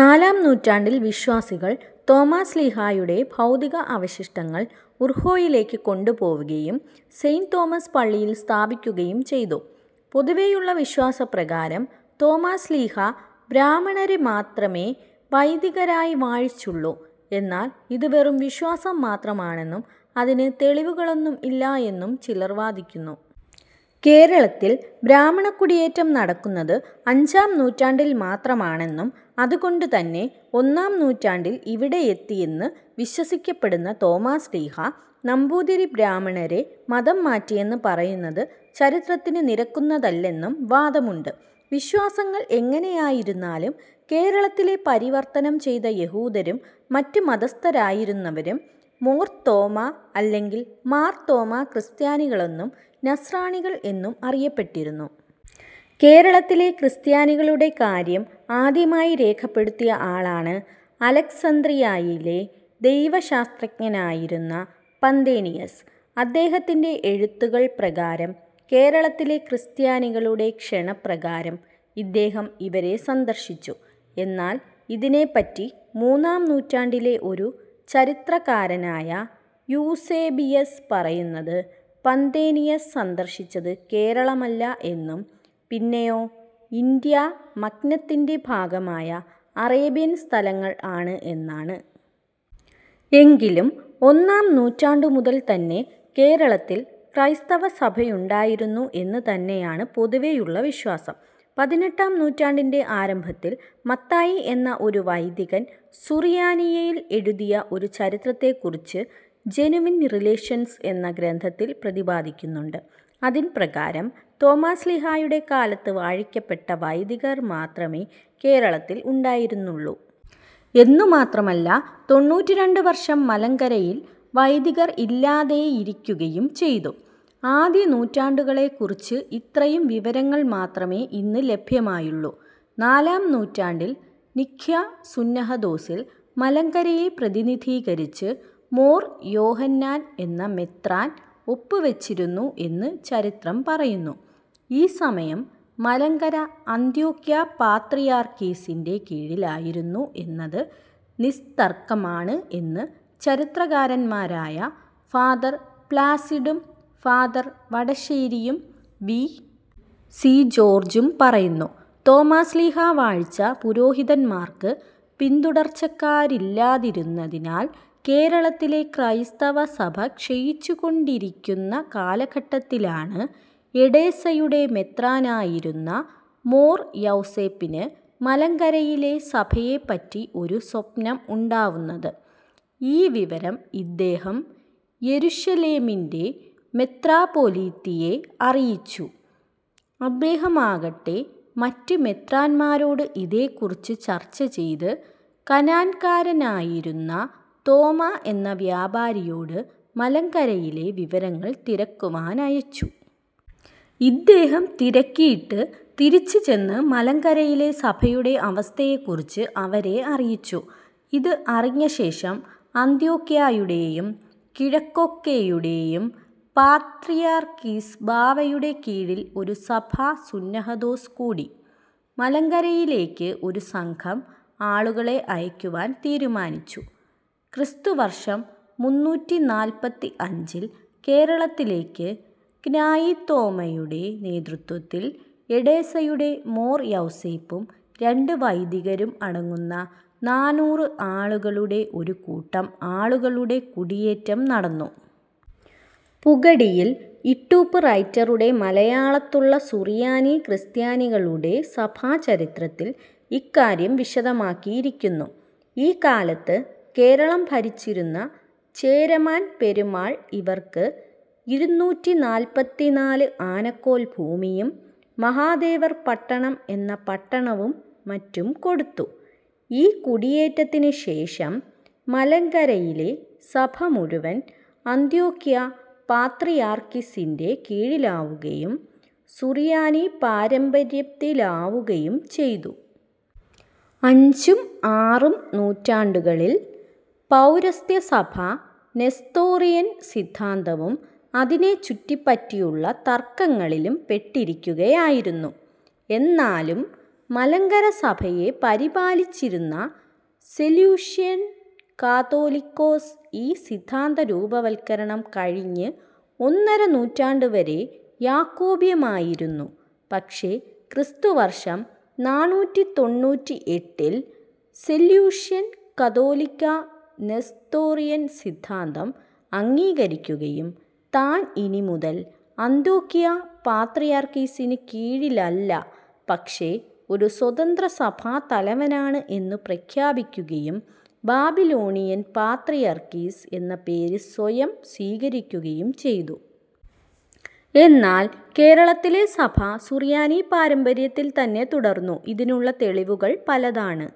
നാലാം നൂറ്റാണ്ടിൽ വിശ്വാസികൾ തോമാ ശ്ലീഹായുടെ ഭൗതിക അവശിഷ്ടങ്ങൾ ഉർഹോയിലേക്ക് കൊണ്ടുപോവുകയും സെയ്ൻ്റ് തോമസ് പള്ളിയിൽ സ്ഥാപിക്കുകയും ചെയ്തു. പൊതുവേയുള്ള വിശ്വാസപ്രകാരം തോമാ ശ്ലീഹാ ബ്രാഹ്മണരെ മാത്രമെ വൈദികരായി വാഴിച്ചുള്ളു, എന്നാൽ ഇത് വെറും വിശ്വാസം മാത്രമാണെന്നും അതിന് തെളിവുകളൊന്നും ഇല്ല എന്നും ചിലർ വാദിക്കുന്നു. കേരളത്തിൽ ബ്രാഹ്മണകുടിയേറ്റം നടക്കുന്നത് അഞ്ചാംനൂറ്റാണ്ടിൽ മാത്രമാണെന്നും അതുകൊണ്ടുതന്നെ ഒന്നാംനൂറ്റാണ്ടിൽ ഇവിടെയെത്തിയെന്നു വിശ്വസിക്കപ്പെടുന്ന തോമാശ്ലീഹ നമ്പൂതിരി ബ്രാഹ്മണരെ മതംമാറ്റിയെന്ന് പറയുന്നത് ചരിത്രത്തിനു നിരക്കുന്നതല്ലെന്നും വാദമുണ്ട്. വിശ്വാസങ്ങൾ എങ്ങനെയായിരുന്നാലും കേരളത്തിലെ പരിവർത്തനം ചെയ്ത യഹൂദരും മറ്റ് മതസ്ഥരായിരുന്നവരും മോർ തോമാ അല്ലെങ്കിൽ മാർ തോമാ ക്രിസ്ത്യാനികളെന്നും നസ്രാണികൾ എന്നും അറിയപ്പെട്ടിരുന്നു. കേരളത്തിലെ ക്രിസ്ത്യാനികളുടെ കാര്യം ആദ്യമായി രേഖപ്പെടുത്തിയ ആളാണ് അലക്സന്ത്രിയായിലെ ദൈവശാസ്ത്രജ്ഞനായിരുന്ന പന്തേനിയസ്. അദ്ദേഹത്തിൻ്റെ എഴുത്തുകൾ പ്രകാരം കേരളത്തിലെ ക്രിസ്ത്യാനികളുടെ ക്ഷണപ്രകാരം ഇദ്ദേഹം ഇവരെ സന്ദർശിച്ചു. എന്നാൽ ഇതിനേപ്പറ്റി മൂന്നാം നൂറ്റാണ്ടിലെ ഒരു ചരിത്രകാരനായ യൂസേബിയസ് പറയുന്നത് പന്തേനിയസ് സന്ദർശിച്ചത് കേരളമല്ല എന്നും പിന്നെയോ ഇന്ത്യാ മഗ്നത്തിൻ്റെ ഭാഗമായ അറേബ്യൻ സ്ഥലങ്ങൾ ആണ് എന്നാണ്. എങ്കിലും ഒന്നാം നൂറ്റാണ്ടു മുതൽ തന്നെ കേരളത്തിൽ ക്രൈസ്തവസഭയുണ്ടായിരുന്നു എന്ന് തന്നെയാണ് പൊതുവേയുള്ള വിശ്വാസം. പതിനെട്ടാം നൂറ്റാണ്ടിൻ്റെ ആരംഭത്തിൽ മത്തായി എന്ന ഒരു വൈദികൻ സുറിയാനിയിൽ എഴുതിയ ഒരു ചരിത്രത്തെക്കുറിച്ച് "ജെനുവിൻ റിലേഷൻസ്" എന്ന ഗ്രന്ഥത്തിൽ പ്രതിപാദിക്കുന്നുണ്ട്. അതിൻപ്രകാരം തോമ്മാശ്ലീഹായുടെ കാലത്ത് വാഴിക്കപ്പെട്ട വൈദികർ മാത്രമേ കേരളത്തിൽ ഉണ്ടായിരുന്നുള്ളൂ. എന്നുമാത്രമല്ല തൊണ്ണൂറ്റിരണ്ട് വർഷം മലങ്കരയിൽ വൈദികർ ഇല്ലാതെയിരിക്കുകയും ചെയ്തു. ആദ്യ നൂറ്റാണ്ടുകളേക്കുറിച്ച് ഇത്രയും വിവരങ്ങൾ മാത്രമെ ഇന്ന് ലഭ്യമായുള്ളു. നാലാം നൂറ്റാണ്ടിൽ നിഖ്യാ സുന്നഹദോസിൽ മലങ്കരയെ പ്രതിനിധീകരിച്ച് മോർ യോഹന്നാൻ എന്ന മെത്രാൻ ഒപ്പ് വച്ചിരുന്നു എന്ന് ചരിത്രം പറയുന്നു. ഈ സമയം മലങ്കര അന്ത്യോക്യ പാത്രിയാർക്കീസിൻ്റെ കീഴിൽ ആയിരുന്നു എന്നത് നിസ്തർക്കമാണ് എന്ന് ചരിത്രകാരന്മാരായ ഫാദർ പ്ലാസിഡും, ഫാദർ വടശേരിയും വി. സി. ജോർജ്ജും പറയുന്നു. തോമാശ്ലീഹാ വാഴിച്ച പുരോഹിതന്മാർക്ക് പിന്തുടർച്ചക്കാരില്ലാതിരുന്നതിനാൽ കേരളത്തിലെ ക്രൈസ്തവ സഭ ക്ഷയിച്ചുകൊണ്ടിരിക്കുന്ന കാലഘട്ടത്തിലാണ് എഡേസയുടെ മെത്രാനായിരുന്ന മോർ യൗസേപ്പിന് മലങ്കരയിലെ സഭയെപ്പറ്റി ഒരു സ്വപ്നം ഉണ്ടാവുന്നത്. ഈ വിവരം ഇദ്ദേഹം യെരുശലേമിൻ്റെ മെത്രാപ്പൊലീത്തയെ അറിയിച്ചു. അദ്ദേഹമാകട്ടെ മറ്റ് മെത്രാന്മാരോട് ഇതേക്കുറിച്ച് ചർച്ച ചെയ്ത് കനാൻകാരനായിരുന്ന തോമ എന്ന വ്യാപാരിയോട് മലങ്കരയിലെ വിവരങ്ങൾ തിരക്കുവാനയച്ചു. ഇദ്ദേഹം തിരക്കിയിട്ട് തിരിച്ച് ചെന്ന് മലങ്കരയിലെ സഭയുടെ അവസ്ഥയെക്കുറിച്ച് അവരെ അറിയിച്ചു. ഇത് അറിഞ്ഞ ശേഷം അന്ത്യോക്യായുടേയും കിഴക്കൊക്കെയുടേയും പാത്രിയർക്കീസ് ബാവയുടെ കീഴിൽ ഒരു സഭാ സുന്നഹദോസ് കൂടി, മലങ്കരയിലേക്ക് ഒരു സംഘം ആളുകളെ അയക്കുവാൻ തീരുമാനിച്ചു. ക്രിസ്തു വർഷം മുന്നൂറ്റിനാല്പത്തിഅഞ്ചിൽ കേരളത്തിലേക്ക് ക്നായിത്തോമയുടെ നേതൃത്വത്തിൽ എഡേസയുടെ മോർ യൗസേപ്പും രണ്ട് വൈദികരും അടങ്ങുന്ന നാനൂറ് ആളുകളുടെ ഒരു കൂട്ടം ആളുകളുടെ കുടിയേറ്റം നടന്നു. പുകടിയിൽ ഇട്ടൂപ്പ് റൈറ്ററുടെ മലയാളത്തുള്ള സുറിയാനി ക്രിസ്ത്യാനികളുടെ സഭാ ചരിത്രത്തിൽ ഇക്കാര്യം വിശദമാക്കിയിരിക്കുന്നു. ഈ കാലത്ത് കേരളം ഭരിച്ചിരുന്ന ചേരമാൻ പെരുമാൾ ഇവർക്ക് ഇരുന്നൂറ്റിനാല്പത്തിനാല് ആനക്കോൽ ഭൂമിയും മഹാദേവർപട്ടണം എന്ന പട്ടണവും മറ്റും കൊടുത്തു. ഈ കുടിയേറ്റത്തിന് ശേഷം മലങ്കരയിലെ സഭ മുഴുവൻ അന്ത്യോക്യ പാത്രിയാർക്കിസിൻ്റെ കീഴിലാവുകയും സുറിയാനി പാരമ്പര്യംത്തിലാവുകയും ചെയ്തു. അഞ്ചും ആറും നൂറ്റാണ്ടുകളിൽ പൗരസ്ത്യ സഭ നെസ്തോറിയൻ സിദ്ധാന്തവും അതിനെ ചുറ്റിപ്പറ്റിയുള്ള തർക്കങ്ങളിലും പെട്ടിരിക്കുകയായിരുന്നു. എന്നാലും മലങ്കര സഭയെ പരിപാലിച്ചിരുന്ന സെലൂഷ്യൻ കാതോലിക്കോസ് ഈ സിദ്ധാന്ത രൂപവത്കരണം കഴിഞ്ഞ് ഒന്നര നൂറ്റാണ്ട് വരെ യാക്കോബ്യമായിരുന്നു. പക്ഷെ ക്രിസ്തു വർഷം നാനൂറ്റിതൊണ്ണൂറ്റിഎട്ടിൽ സെലൂഷ്യൻ കതോലിക്ക നെസ്തോറിയൻ സിദ്ധാന്തം അംഗീകരിക്കുകയും താൻ ഇനി മുതൽ അന്ത്യോക്യ പാത്രിയർക്കീസിന് കീഴിലല്ല, പക്ഷെ ഒരു സ്വതന്ത്ര സഭാ തലവനാണ് എന്നു പ്രഖ്യാപിക്കുകയും ബാബിലോണിയൻ പാത്രിയർക്കീസ് എന്ന പേര് സ്വയം സ്വീകരിക്കുകയും ചെയ്തു. എന്നാൽ കേരളത്തിലെ സഭ സുറിയാനി പാരമ്പര്യത്തിൽ തന്നെ തുടർന്നു. ഇതിനുള്ള തെളിവുകൾ പലതാണ്.